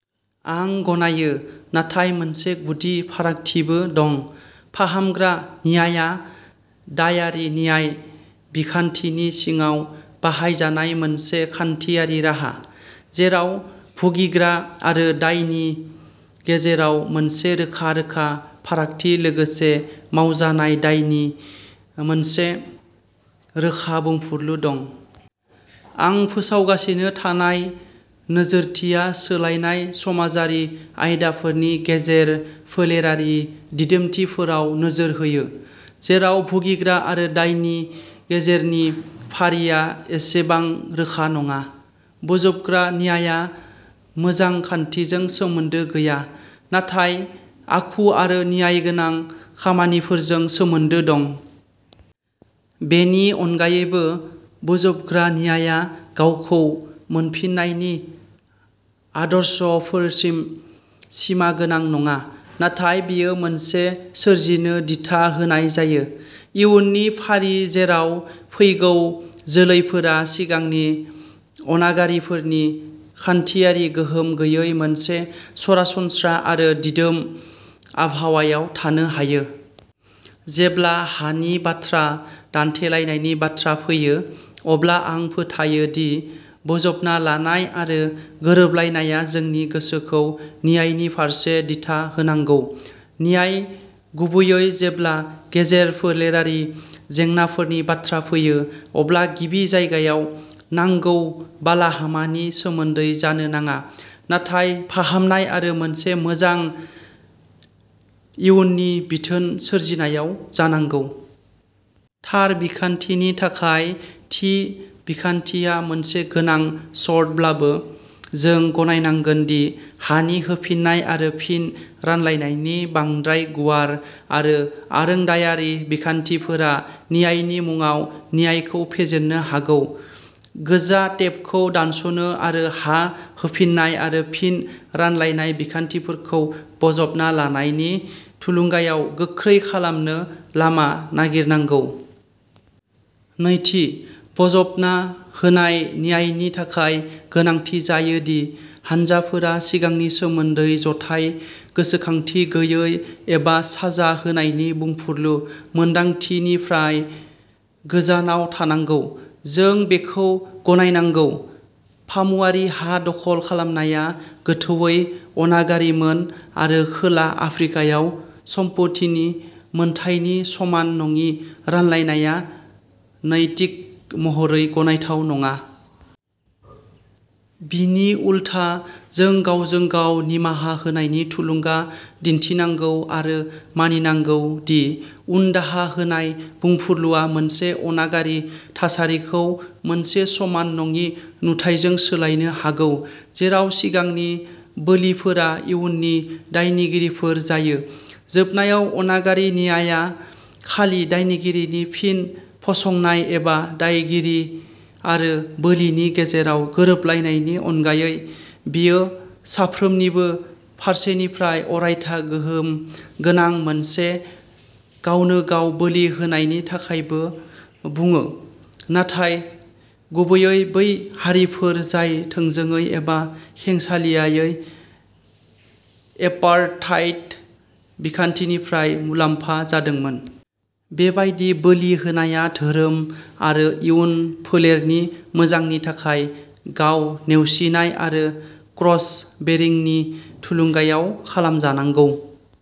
आं गनायो, नाथाय मोनसे गुदि फारागथिबो दं। फाहामग्रा न्यायआ दायारि न्याय बिखान्थिनि सिङाव बाहायजानाय मोनसे खान्थियारि राहा, जेराव भुगिग्रा आरो दायनि गेजेराव मोनसे रोखा रोखा फारागथि लोगोसे मावजानाय दायनि मोनसे रोखा बुंफुरलु दं। आं फोसावगासिनो थानाय नोजोरथिया सोलायनाय समाजारि आयदाफोरनि गेजेर-फोलेरारि दिदोमथिफोराव नोजोर होयो, जेराव भुगिग्रा आरो दायनि गेजेरनि फारिया एसेबां रोखा नङा। बोजबग्रा न्यायआ मोजां खान्थिजों सोमोन्दो गैया, नाथाय आखु आरो न्यायगोनां खामानिफोरजों सोमोन्दो दं। बेनि अनगायैबो, बोजबग्रा न्यायआ गावखौ मोनफिननायनि आदर्शफोरसिम सिमागोनां नङा, नाथाय बेयो मोनसे सोरजिनो दिथा होनाय जायो। इयुननि फारि जेराव फैगौ जोलैफोरा सिगांनि अनागारिफोरनि खान्थियारि गोहोम गैयै मोनसे सरासनस्रा आरो दिदोम आबहावायाव थानो हायो। जेब्ला हानि बाथ्रा दान्थेलायनायनि बाथ्रा फैयो, अब्ला आं फोथायो दि बोजबना लानाय आरो गोरोबलायनाया जोंनि गोसोखौ न्यायनि फारसे दिथा होनांगौ। न्याय, गुबैयै जेब्ला गेजेर-फोलेरारि जेंनाफोरनि बाथ्रा फैयो, अब्ला गिबि जायगायाव, नांगौ बालाहामानि सोमोन्दै जानो नाङा, नाथाय फाहामनाय आरो मोनसे मोजां इयुननि बिथोन सोरजिनायाव जानांगौ। थार खान्थिनि थाखाय थि बिखान्थिया मोनसे गोनां सर्तब्लाबो, जों गनायनांगोन दि हानि होफिननाय आरो फिन रानलायनायनि बांद्राय गुवार आरो आरोंदायारि बिखान्थिफोरा न्यायनि मुंआव न्यायखौ फेजेननो हागौ। गोजा टेपखौ दानस'नो आरो हा होफिन्नाय आरो फिन रानलायनाय बिखान्थिफोरखौ बोजबना लानायनि थुलुंगायाव गोख्रै खालामनो लामा नागिरनांगौ। नैथि, बोजबना होनाय न्यायनि थाखाय गोनांथि जायो दि हानजाफोरा सिगांनि सोमोन्दै जथाय गोसोखांथि गैयै एबा साजा होनायनि बुंफुरलु मोनदांथिनिफ्राय गोजानाव थानांगौ। जों बेखौ गनायनांगौ। फामुवारि हा दखल खालामनाया गोथौवै अनागारिमोन आरो खोला आफ्रिकायाव सम्पथिनि मोनथायनि समान नङि रानलायनाया नैतिक महरै गनायथाव नङा। बिनि उलथा, जों गावजों गाव निमाहा होनायनि थुलुंगा दिन्थिनांगौ आरो मानिनांगौ दि उनदाहा होनाय बुंफुरलुआ मोनसे अनागारि थासारिखौ मोनसे समान नङि नुथाइजों सोलायनो हागौ जेराव सिगांनि बोलिफोरा इयुननि दायगिरिफोर जायो। जोबनायाव, अनागारि न्यायआ खालि दायगिरिनि फिन फसंनाय एबा दायगिरि आरो बोलिनि गेजेराव गोरोबलायनायनि अनगायै; बेयो साफ्रोमनिबो फारसेनिफ्राय अरायथा गोहोम गोनां मोनसे गावनो-गाव बोलि होनायनि थाखायबो बुङो, नाथाय गुबैयै बै हारिफोर जाय थोंजोङै एबा खेंसालियायै एपार्थाइड बिखान्थिनिफ्राय मुलाम्फा जादोंमोन। बेबादि बोलि होनाया धोरोम आरो इयुन फोलेरनि मोजांनि थाखाय गाव-नेवसिनाय आरो क्रस बेरिंनि थुलुंगायाव खालामजानांगौ।